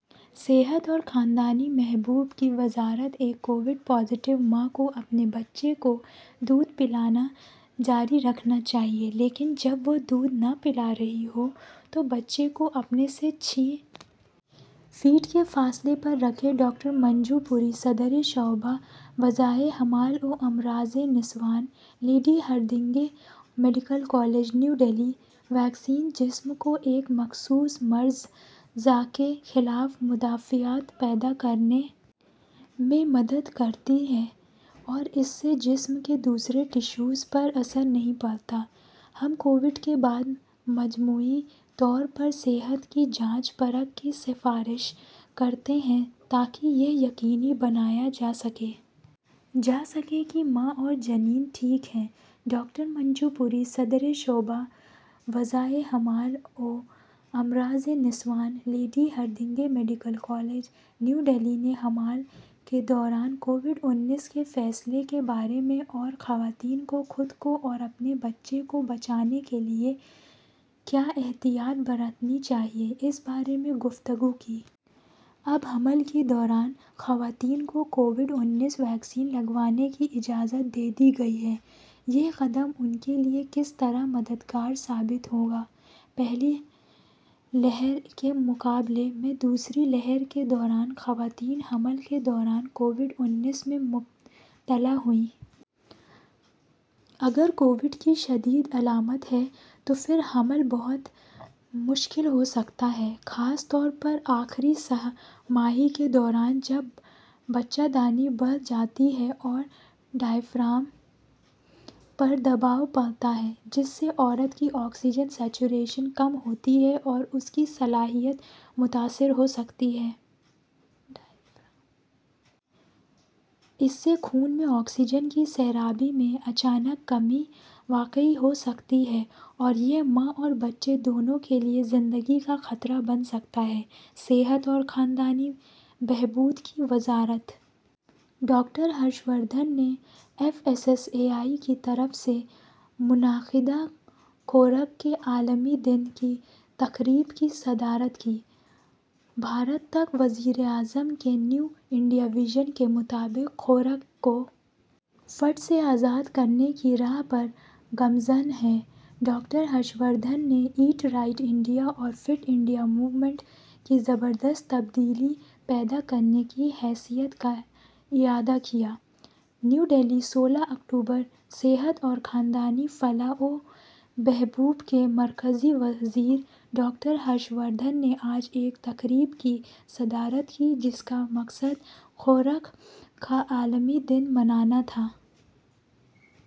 صحت اور خاندانی بہبود کی وزارت ایک کووڈ مثبت ماں کو اپنے بچے کو دودھ پلانا جاری رکھنا چاہیے لیکن جب وہ دودھ نہ پلا رہی ہوں تو بچے کو اپنے سے چھ فٹ کے فاصلے پر رکھیں ڈاکٹر منجو پوری، صدر شعبہ، وضع حمل و امراض نسواں، لیڈی ہارڈنگ میڈیکل کالج، نئی دہلی "ویکسین جسم کو ایک مخصوص مرض زا کے خلاف مدافعت پیدا کرنے میں مدد کرتی ہیں، اس سے دیگر جسم کے ٹشو پر اثر نہیں پڑتا" ہم کووڈ کے بعد مجموعی طور پر صحت کی جانچ پڑتال کی سفارش کرتے ہیں تاکہ یہ یقینی بنایا جا سکے کہ ماں اور جنین ٹھیک ہیں ڈاکٹر منجو پوری ڈاکٹر منجو پوری، صدر شعبہ، وضع حمل و امراض نسواں، لیڈی ہارڈنگ میڈیکل کالج، نئی دہلی نے حمل کے دوران کووڈ انیس کے فیصلے کے بارے میں اور خواتین کو خود کو اور اپنے بچے کو بچانے کے لیے کیا احتیاط برتنی چاہیے، اس بارے میں بات چیت کی۔ اب حمل کے دوران خواتین کو کووڈ انیس ویکسین لگوانے کی اجازت دے دی گئی ہے۔ یہ قدم ان کے لیے کس طرح مدد گار ثابت ہوگا؟ پہلی لہر کے مقابلے میں دوسری لہر کے دوران خواتین حمل کے دوران کووڈ انیس میں مبتلا ہوئیں۔ اگر کووڈ کی شدید علامات ہیں تو پھر حمل بہت مشکل ہو سکتا ہے، خاص طور پر آخری سہ ماہی کے دوران جب بچہ دانی بڑھ جاتی ہے اور ڈایافرام پر دباؤ پڑتا ہے، جس سے عورت کی آکسیجن سیرابی کم ہوتی ہے اور اس کی صلاحیت متاثر ہوسکتی ہے۔ اس سے خون میں آکسیجن کی سیرابی میں اچانک کمی واقع ہوسکتی ہے اور یہ ماں اور بچے دونوں کے لیے زندگی کا خطرہ بن سکتا ہے۔ صحت اور خاندانی بہبود کی وزارت doctor Harsh Vardhan F S S A I کی طرف سے منعقدہ 'خوراک کے عالمی دن' کی تقریب کی صدارت کی ''بھارت تک وزیر اعظم کے نیو انڈیا وژن کے مطابق خوراک کو فیٹ سے آزاد کرنے کی راہ پر گامزن ہے'' ڈاکٹر ہرش وردھن نے 'ایٹ رائٹ انڈیا' اور 'فٹ انڈیا موومنٹ' کے زبردست تبدیلی پیدا کرنے کی حیثیت کا اعادہ کیا نئی دہلی، سولہ اکتوبر صحت اور خاندانی فلاح وبہبود کے مرکزی وزیر ڈاکٹر ہرش وردھن نے آج ایک تقریب کی صدارت کی جس کا مقصد خوراک کا عالمی دن منانا تھا۔